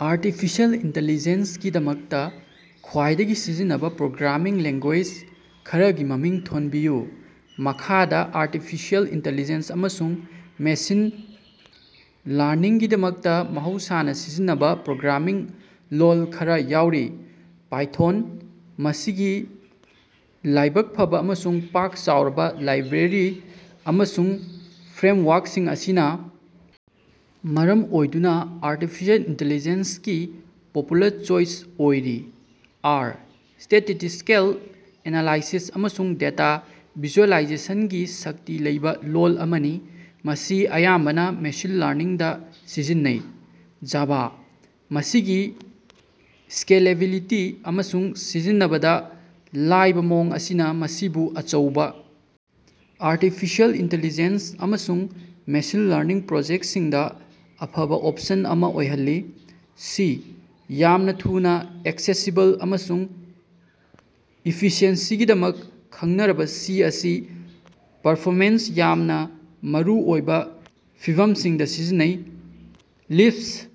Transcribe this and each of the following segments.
Artificial ꯏꯟꯇꯦꯂꯤꯖꯦꯁꯀꯤ ꯗꯃꯛꯇ ꯈ꯭ꯋꯥꯏꯗꯒꯤ ꯁꯤꯖꯤꯟꯅꯕ ꯄ꯭ꯔꯣꯒ꯭ꯔꯥꯃꯤꯡ ꯂꯦꯡꯒꯨꯌꯦꯖ ꯈꯔꯒꯤ ꯃꯃꯤꯡ ꯊꯣꯟꯕꯤꯌꯨ꯫ ꯃꯈꯥꯗꯥ ꯑꯥꯔꯇꯤꯐꯤꯁꯤꯑꯦꯜ ꯏꯟꯇꯦꯂꯤꯖꯦꯁ ꯑꯃꯁꯨꯡ ꯃꯦꯁꯤꯟ ꯂꯔꯅꯤꯡꯒꯤꯗꯃꯛꯇ ꯃꯍꯧꯁꯥꯅ ꯁꯤꯖꯤꯟꯅꯕ ꯄ꯭ꯔꯣꯒ꯭ꯔꯥꯃꯤꯡ ꯂꯣꯜ ꯈꯔꯥ ꯌꯥꯎꯔꯤ: ꯄꯥꯏꯊꯣꯟ: ꯃꯁꯤꯒꯤ ꯂꯥꯏꯕꯛ ꯐꯕ ꯑꯃꯁꯨꯡ ꯄꯥꯛ ꯆꯥꯎꯔꯕ ꯂꯥꯏꯕ꯭ꯔꯦꯔꯤ ꯑꯃꯁꯨꯡ ꯐ꯭ꯔꯦꯝꯋꯥ꯭ꯔꯛꯁꯤꯡ ꯑꯁꯤꯅ ꯃꯔꯝ ꯑꯣꯏꯗꯨꯅ ꯑꯥꯔꯇꯤꯐꯤꯁꯤꯑꯦꯜ ꯏꯟꯇꯦꯂꯤꯖꯦꯁ ꯀꯤ ꯄꯣꯄꯨꯂꯔ ꯆꯣꯏꯆ ꯑꯣꯏꯔꯤ꯫ ꯑꯥꯔ: ꯁ꯭ꯇꯦꯇꯤꯁ꯭ꯇꯤꯀꯦꯜ ꯑꯦꯅꯥꯂꯥꯏꯁꯤꯁ ꯑꯃꯁꯨꯡ ꯗꯦꯇꯥ ꯚꯤꯖꯨꯑꯦꯂꯥꯏꯖꯦꯁꯟꯒꯤ ꯁꯛꯇꯤ ꯂꯩꯕꯥ ꯂꯣꯜ ꯑꯃꯅꯤ, ꯃꯁꯤ ꯑꯌꯥꯝꯕꯅ ꯃꯦꯁꯤꯟ ꯂꯔꯅꯤꯡꯗ ꯁꯤꯖꯤꯟꯅꯩ꯫ ꯖꯥꯚꯥ: ꯃꯁꯤꯒꯤ ꯁ꯭ꯀꯦꯂꯦꯕꯤꯂꯤꯇꯤ ꯑꯃꯁꯨꯡ ꯁꯤꯖꯤꯟꯅꯕꯗ ꯂꯥꯏꯕ ꯃꯑꯣꯡ ꯑꯁꯤꯅ ꯃꯁꯤꯕꯨ ꯑꯆꯧꯕ ꯑꯥꯔꯇꯤꯐꯤꯁꯤꯑꯦꯜ ꯏꯟꯇꯦꯂꯤꯖꯦꯁ ꯑꯃꯁꯨꯡ ꯃꯦꯁꯤꯟ ꯂꯔꯅꯤꯡ ꯄ꯭ꯔꯣꯖꯦꯛꯁꯤꯡꯗ ꯑꯐꯕꯥ ꯑꯣꯞꯁꯟ ꯑꯃ ꯑꯣꯏꯍꯜꯂꯤ꯫ ꯁꯤ: ꯌꯥꯝꯅ ꯊꯨꯅ ꯑꯦꯛꯁꯦꯁꯤꯕꯜ ꯑꯃꯁꯨꯡ ꯏꯐꯤꯁꯤꯑꯦꯟꯁꯤꯒꯤꯗꯃꯛ ꯈꯪꯅꯔꯕ ꯁꯤ ꯑꯁꯤ ꯄꯔꯐꯣꯃꯦꯟꯁ ꯌꯥꯝꯅ ꯃꯔꯨ ꯑꯣꯏꯕ ꯐꯤꯚꯝꯁꯤꯡꯗ ꯁꯤꯖꯤꯟꯅꯩ꯫ ꯂꯤꯁ꯭ꯞ: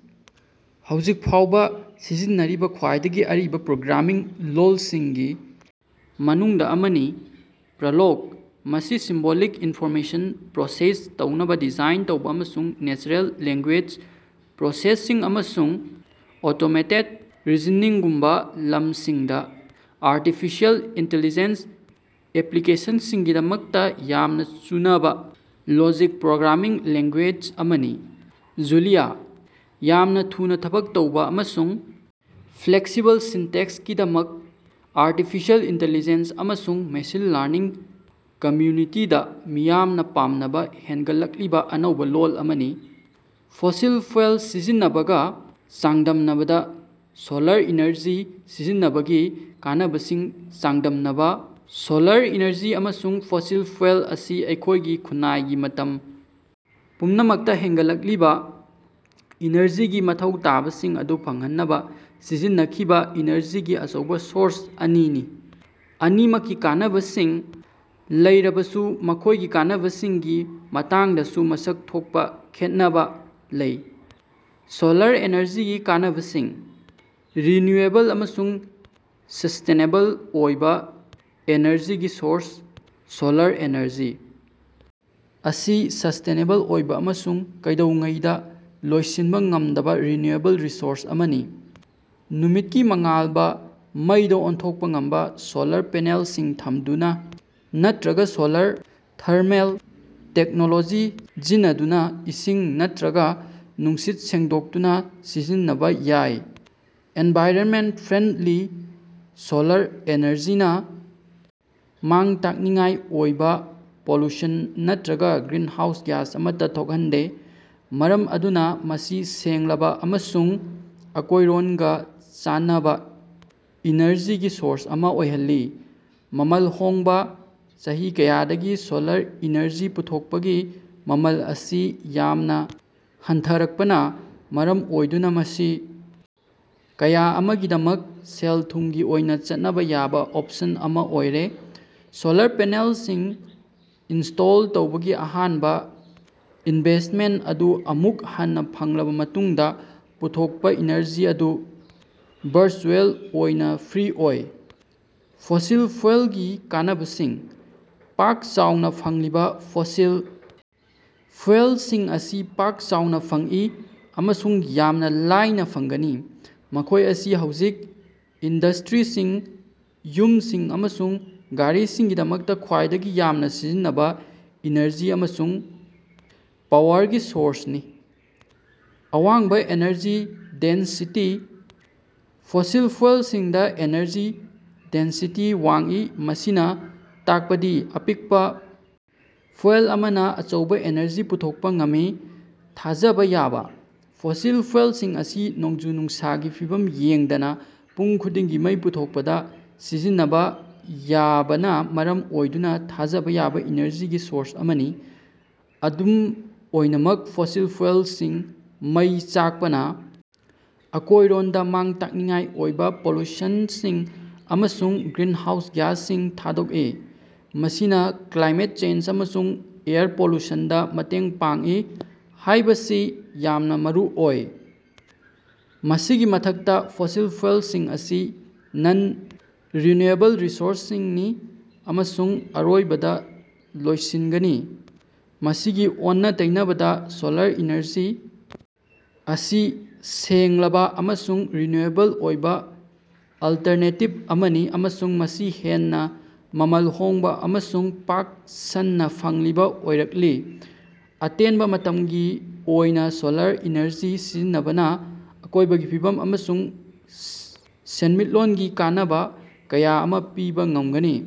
ꯍꯧꯖꯤꯛ ꯐꯥꯎꯕ ꯁꯤꯖꯤꯟꯅꯔꯤꯕꯥ ꯈ꯭ꯋꯥꯏꯗꯒꯤ ꯑꯔꯤꯕ ꯄ꯭ꯔꯣꯒ꯭ꯔꯥꯃꯤꯡ ꯂꯣꯜꯁꯤꯡꯒꯤ ꯃꯅꯨꯡꯗ ꯑꯃꯅꯤ꯫ ꯄ꯭ꯔꯣꯂꯣꯒ: ꯃꯁꯤ ꯁꯤꯝꯕꯣꯂꯤꯛ ꯏꯟꯐꯣꯔꯃꯦꯁꯟ ꯄ꯭ꯔꯣꯁꯦꯁ ꯇꯧꯅꯕ ꯗꯤꯖꯥꯏꯟ ꯇꯧꯕ ꯑꯃꯁꯨꯡ ꯅꯦꯆꯔꯦꯜ ꯂꯦꯡꯒꯨꯌꯦꯖ ꯄ꯭ꯔꯣꯁꯦꯁꯤꯡ ꯑꯃꯁꯨꯡ ꯑꯣꯇꯣꯃꯦꯇꯦꯠ ꯔꯤꯖꯅꯤꯡꯒꯨꯝꯕ ꯂꯝꯁꯤꯡꯗ ꯑꯥꯔꯇꯤꯐꯤꯁꯤꯑꯦꯜ ꯏꯟꯇꯦꯂꯤꯖꯦꯁ ꯑꯦꯄ꯭ꯂꯤꯀꯦꯁꯟꯁꯤꯡꯒꯤꯗꯃꯛꯇ ꯌꯥꯝꯅ ꯆꯨꯅꯕ ꯂꯣꯖꯤꯛ ꯄ꯭ꯔꯣꯒ꯭ꯔꯥꯃꯤꯡ ꯂꯦꯡꯒꯨꯌꯦꯖ ꯑꯃꯅꯤ꯫ ꯖꯨꯂꯤꯌꯥ: ꯌꯥꯝꯅ ꯊꯨꯅ ꯊꯕꯛ ꯇꯧꯕꯥ ꯑꯃꯁꯨꯡ ꯐ꯭ꯂꯦꯛꯁꯤꯕꯜ ꯁꯤꯟꯇꯦꯛꯁꯀꯤꯗꯃꯛ ꯑꯥꯔꯇꯤꯐꯤꯁꯤꯑꯦꯜ ꯏꯟꯇꯦꯂꯤꯖꯦꯁ ꯑꯃꯁꯨꯡ ꯃꯦꯁꯤꯟ ꯂꯔꯅꯤꯡ ꯀꯝꯃ꯭ꯌꯨꯅꯤꯇꯤꯗ ꯃꯤꯌꯥꯝꯅ ꯄꯥꯝꯅꯕ ꯍꯦꯡꯒꯠꯂꯛꯂꯤꯕ ꯑꯅꯧꯕ ꯂꯣꯜ ꯑꯃꯅꯤ꯫ ꯐꯣꯁꯤꯜ ꯐ꯭ꯌꯨꯑꯦꯜ ꯁꯤꯖꯤꯟꯅꯕꯒ ꯆꯥꯡꯗꯝꯅꯕꯗ ꯁꯣꯂꯥꯔ ꯏꯅꯔꯖꯤ ꯁꯤꯖꯤꯟꯅꯕꯒꯤ ꯀꯥꯟꯅꯕꯁꯤꯡ ꯆꯥꯡꯗꯝꯅꯕ ꯫ ꯁꯣꯂꯥꯔ ꯏꯅꯔꯖꯤ ꯑꯃꯁꯨꯡ ꯐꯣꯁꯤꯜ ꯐ꯭ꯌꯨꯑꯦꯜ ꯑꯁꯤ ꯑꯩꯈꯣꯏꯒꯤ ꯈꯨꯟꯅꯥꯏꯒꯤ ꯃꯇꯝ ꯄꯨꯝꯅꯃꯛꯇ ꯍꯦꯡꯒꯠꯂꯛꯂꯤꯕ ꯏꯅꯔꯖꯤꯒꯤ ꯃꯊꯧ ꯇꯥꯕꯁꯤꯡ ꯑꯗꯨ ꯐꯪꯍꯟꯅꯕ ꯁꯤꯖꯤꯟꯅꯈꯤꯕ ꯏꯅꯔꯖꯤꯒꯤ ꯑꯆꯧꯕ ꯁꯣꯔꯁ ꯑꯅꯤꯅꯤ꯫ ꯑꯅꯤꯃꯛꯀꯤ ꯀꯥꯟꯅꯕꯁꯤꯡ ꯂꯩꯔꯕꯁꯨ ꯃꯈꯣꯏꯒꯤ ꯀꯥꯟꯅꯕꯁꯤꯡꯒꯤ ꯃꯇꯥꯡꯗꯁꯨ ꯃꯁꯛ ꯊꯣꯛꯄ ꯈꯦꯠꯅꯕ ꯂꯩ꯫ ꯁꯣꯂꯥꯔ ꯑꯦꯅꯔꯖꯤꯒꯤ ꯀꯥꯟꯅꯕꯁꯤꯡ: ꯔꯤꯅ꯭ꯌꯨꯑꯦꯕꯜ ꯑꯃꯁꯨꯡ ꯁ꯭ꯁꯇꯦꯅꯦꯕꯜ ꯑꯣꯏꯕ ꯑꯦꯅꯔꯖꯤꯒꯤ ꯁꯣꯔꯁ: ꯁꯣꯂꯥꯔ ꯑꯦꯅꯔꯖꯤ ꯑꯁꯤ ꯁ꯭ꯁꯇꯦꯅꯦꯕꯜ ꯑꯣꯏꯕ ꯑꯃꯁꯨꯡ ꯀꯩꯗꯧꯉꯩꯗ ꯂꯣꯏꯁꯤꯟꯕ ꯉꯝꯗꯕ ꯔꯤꯅ꯭ꯌꯨꯑꯦꯕꯜ ꯔꯤꯁꯣꯔꯁ ꯑꯃꯅꯤ꯫ ꯅꯨꯃꯤꯠꯀꯤ ꯃꯉꯥꯜꯕ ꯃꯩꯗꯥ ꯑꯣꯟꯊꯣꯛꯄ ꯉꯝꯕ ꯁꯣꯂꯥꯔ ꯄꯦꯅꯦꯜꯁꯤꯡ ꯊꯝꯗꯨꯅ ꯅꯠꯇꯔꯒ ꯁꯣꯂꯥꯔ ꯊꯔꯃꯦꯜ ꯇꯦꯛꯅꯣꯂꯣꯖꯤ ꯁꯤꯖꯤꯟꯅꯗꯨꯅ ꯏꯁꯤꯡ ꯅꯠꯇꯔꯒ ꯅꯨꯡꯁꯤꯠ ꯁꯦꯡꯗꯣꯛꯇꯨꯅ ꯁꯤꯖꯤꯟꯅꯕ ꯌꯥꯏ꯫ ꯑꯦꯅꯚꯥꯏꯔꯟꯃꯦꯟꯠ ꯐ꯭ꯔꯦꯟꯗꯂꯤ: ꯁꯣꯂꯥꯔ ꯑꯦꯅꯔꯖꯤꯅ ꯃꯥꯡ-ꯇꯥꯛꯅꯤꯡꯉꯥꯏ ꯑꯣꯏꯕ ꯄꯣꯂꯨꯁꯟ ꯅꯠꯇꯔꯒ ꯒ꯭ꯔꯤꯟꯍꯥꯎꯁ ꯒ꯭ꯌꯥꯁ ꯑꯃꯠꯇ ꯊꯣꯛꯍꯟꯗꯦ, ꯃꯔꯝ ꯑꯗꯨꯅ ꯃꯁꯤ ꯁꯦꯡꯂꯕ ꯑꯃꯁꯨꯡ ꯑꯀꯣꯏꯔꯣꯟꯒ ꯆꯥꯟꯅꯕ ꯏꯅꯔꯖꯤꯒꯤ ꯁꯣꯔꯁ ꯑꯃ ꯑꯣꯏꯍꯜꯂꯤ꯫ ꯃꯃꯜ ꯍꯣꯡꯕ: ꯆꯍꯤ ꯀꯌꯥꯗꯒꯤ ꯁꯣꯂꯥꯔ ꯏꯅꯔꯖꯤ ꯄꯨꯊꯣꯛꯄꯒꯤ ꯃꯃꯜ ꯑꯁꯤ ꯌꯥꯝꯅ ꯍꯟꯊꯔꯛꯄꯅ ꯃꯔꯝ ꯑꯣꯏꯗꯨꯅ ꯃꯁꯤ ꯀꯌꯥ ꯑꯃꯒꯤꯗꯃꯛ ꯁꯦꯜ-ꯊꯨꯝꯒꯤ ꯑꯣꯏꯅ ꯆꯠꯅꯕ ꯌꯥꯕꯥ ꯑꯣꯞꯁꯟ ꯑꯃꯥ ꯑꯣꯏꯔꯦ꯫ ꯁꯣꯂꯥꯔ ꯄꯦꯅꯦꯜꯁꯤꯡ ꯏꯟꯁ꯭ꯇꯣꯜ ꯇꯧꯕꯒꯤ ꯑꯍꯥꯟꯕ ꯏꯅꯚꯦꯁꯠꯃꯦꯟꯠ ꯑꯗꯨ ꯑꯃꯨꯛ ꯍꯟꯅ ꯐꯪꯂꯕ ꯃꯇꯨꯡꯗ, ꯄꯨꯊꯣꯛꯄꯥ ꯏꯅꯔꯖꯤ ꯑꯗꯨ ꯚꯔꯆꯨꯑꯦꯜ ꯑꯣꯏꯅ ꯐ꯭ꯔꯤ ꯑꯣꯏ꯫ ꯐꯣꯁꯤꯜ ꯐ꯭ꯌꯨꯑꯦꯜꯒꯤ ꯀꯥꯟꯅꯕꯁꯤꯡ: ꯄꯥꯛ-ꯆꯥꯎꯅ ꯐꯪꯂꯤꯕ: ꯐꯣꯁꯤꯜ ꯐ꯭ꯌꯨꯑꯦꯜꯁꯤꯡ ꯑꯁꯤ ꯄꯥꯛ-ꯆꯥꯎꯅ ꯐꯪꯏ ꯑꯃꯁꯨꯡ ꯌꯥꯝꯅ ꯂꯥꯏꯅ ꯐꯪꯒꯅꯤ꯫ ꯃꯈꯣꯏ ꯑꯁꯤ ꯍꯧꯖꯤꯛ ꯏꯟꯗ꯭ꯁꯇꯔꯤꯁꯤꯡ, ꯌꯨꯝꯁꯤꯡ, ꯑꯃꯁꯨꯡ ꯒꯥꯔꯤꯁꯤꯡꯒꯤꯗꯃꯛꯇ ꯈ꯭ꯋꯥꯏꯗꯒꯤ ꯌꯥꯝꯅ ꯁꯤꯖꯤꯟꯅꯕ ꯏꯅꯔꯖꯤ ꯑꯃꯁꯨꯡ ꯄꯥꯋꯔꯒꯤ ꯁꯣꯔꯁꯅꯤ꯫ ꯑꯋꯥꯡꯕ ꯑꯦꯅꯔꯖꯤ ꯗꯦꯟꯁꯤꯇꯤ: ꯐꯣꯁꯤꯜ ꯐ꯭ꯌꯨꯑꯦꯜꯁꯤꯡꯗ ꯑꯦꯅꯔꯖꯤ ꯗꯦꯟꯁꯤꯇꯤ ꯋꯥꯡꯏ, ꯃꯁꯤꯅ ꯇꯥꯛꯄꯗꯤ ꯑꯄꯤꯛꯄ ꯐ꯭ꯌꯨꯑꯦꯜ ꯑꯃꯅ ꯑꯆꯧꯕ ꯑꯦꯅꯔꯖꯤ ꯄꯨꯊꯣꯛꯄ ꯉꯝꯃꯤ꯫ ꯊꯥꯖꯕ ꯌꯥꯕ: ꯐꯣꯁꯤꯜ ꯐ꯭ꯌꯨꯑꯦꯜꯁꯤꯡ ꯑꯁꯤ ꯅꯣꯡꯖꯨ-ꯅꯨꯡꯁꯥꯒꯤ ꯐꯤꯚꯝ ꯌꯦꯡꯗꯅ ꯄꯨꯡ ꯈꯨꯗꯤꯡꯒꯤ ꯃꯩ ꯄꯨꯊꯣꯛꯄꯗ ꯁꯤꯖꯤꯟꯅꯕ ꯌꯥꯕꯅ ꯃꯔꯝ ꯑꯣꯏꯗꯨꯅ ꯊꯥꯖꯕ ꯌꯥꯕ ꯏꯅꯔꯖꯤꯒꯤ ꯁꯣꯔꯁ ꯑꯃꯅꯤ꯫ ꯑꯗꯨꯝ ꯑꯣꯏꯅꯃꯛ, ꯐꯣꯁꯤꯜ ꯐ꯭ꯌꯨꯑꯦꯜꯁꯤꯡ ꯃꯩ ꯆꯥꯛꯄꯅ ꯑꯀꯣꯏꯔꯣꯟꯗ ꯃꯥꯡ-ꯇꯥꯛꯅꯤꯡꯉꯥꯏ ꯑꯣꯏꯕ ꯄꯣꯂꯨꯁꯅꯁꯤꯡ ꯑꯃꯁꯨꯡ ꯒ꯭ꯔꯤꯅꯍꯥꯎꯁ ꯒ꯭ꯌꯥꯁꯁꯤꯡ ꯊꯥꯗꯣꯛꯏ, ꯃꯁꯤꯅꯥ ꯀ꯭ꯂꯥꯏꯃꯦꯠ ꯆꯦꯟꯖ ꯑꯃꯁꯨꯡ ꯑꯦꯌꯔ ꯄꯣꯂꯨꯁꯟꯗ ꯃꯇꯦꯡ ꯄꯥꯡꯏ ꯍꯥꯏꯕꯁꯤ ꯌꯥꯝꯅ ꯃꯔꯨꯑꯣꯏ꯫ ꯃꯁꯤꯒꯤ ꯃꯊꯛꯇ, ꯐꯣꯁꯤꯜ ꯐ꯭ꯌꯨꯑꯦꯜꯁꯤꯡ ꯑꯁꯤ ꯅꯟ-ꯔꯤꯅ꯭ꯌꯨꯑꯦꯕꯜ ꯔꯤꯁꯣꯔꯁꯁꯤꯡꯅꯤ ꯑꯃꯁꯨꯡ ꯑꯔꯣꯏꯕꯗ ꯂꯣꯏꯁꯤꯟꯒꯅꯤ꯫ ꯃꯁꯤꯒꯤ ꯑꯣꯟꯅ-ꯇꯩꯅꯕꯗꯥ, ꯁꯣꯂꯥꯔ ꯏꯅꯔꯖꯤ ꯑꯁꯤ ꯁꯦꯡꯂꯕ ꯑꯃꯁꯨꯡ ꯔꯤꯅ꯭ꯌꯨꯑꯦꯕꯜ ꯑꯣꯏꯕ ꯑꯜꯇꯔꯅꯦꯇꯤꯕ ꯑꯃꯅꯤ ꯑꯃꯁꯨꯡ ꯃꯁꯤ ꯍꯦꯟꯅ ꯃꯃꯜ ꯍꯣꯡꯕ ꯑꯃꯁꯨꯡ ꯄꯥꯛ ꯁꯟꯅ ꯐꯪꯂꯤꯕ ꯑꯣꯏꯔꯛꯂꯤ꯫ ꯑꯇꯦꯟꯕ ꯃꯇꯝꯒꯤ ꯑꯣꯏꯅ ꯁꯣꯂꯥꯔ ꯏꯅꯔꯖꯤ ꯁꯤꯖꯤꯟꯅꯕꯅ ꯑꯀꯣꯏꯕꯒꯤ ꯐꯤꯕꯝ ꯑꯃꯁꯨꯡ ꯁꯦꯟꯃꯤꯠꯂꯣꯟꯒꯤ ꯀꯥꯟꯅꯕ ꯀꯌꯥ ꯑꯃꯥ ꯄꯤꯕ ꯉꯝꯒꯅꯤ꯫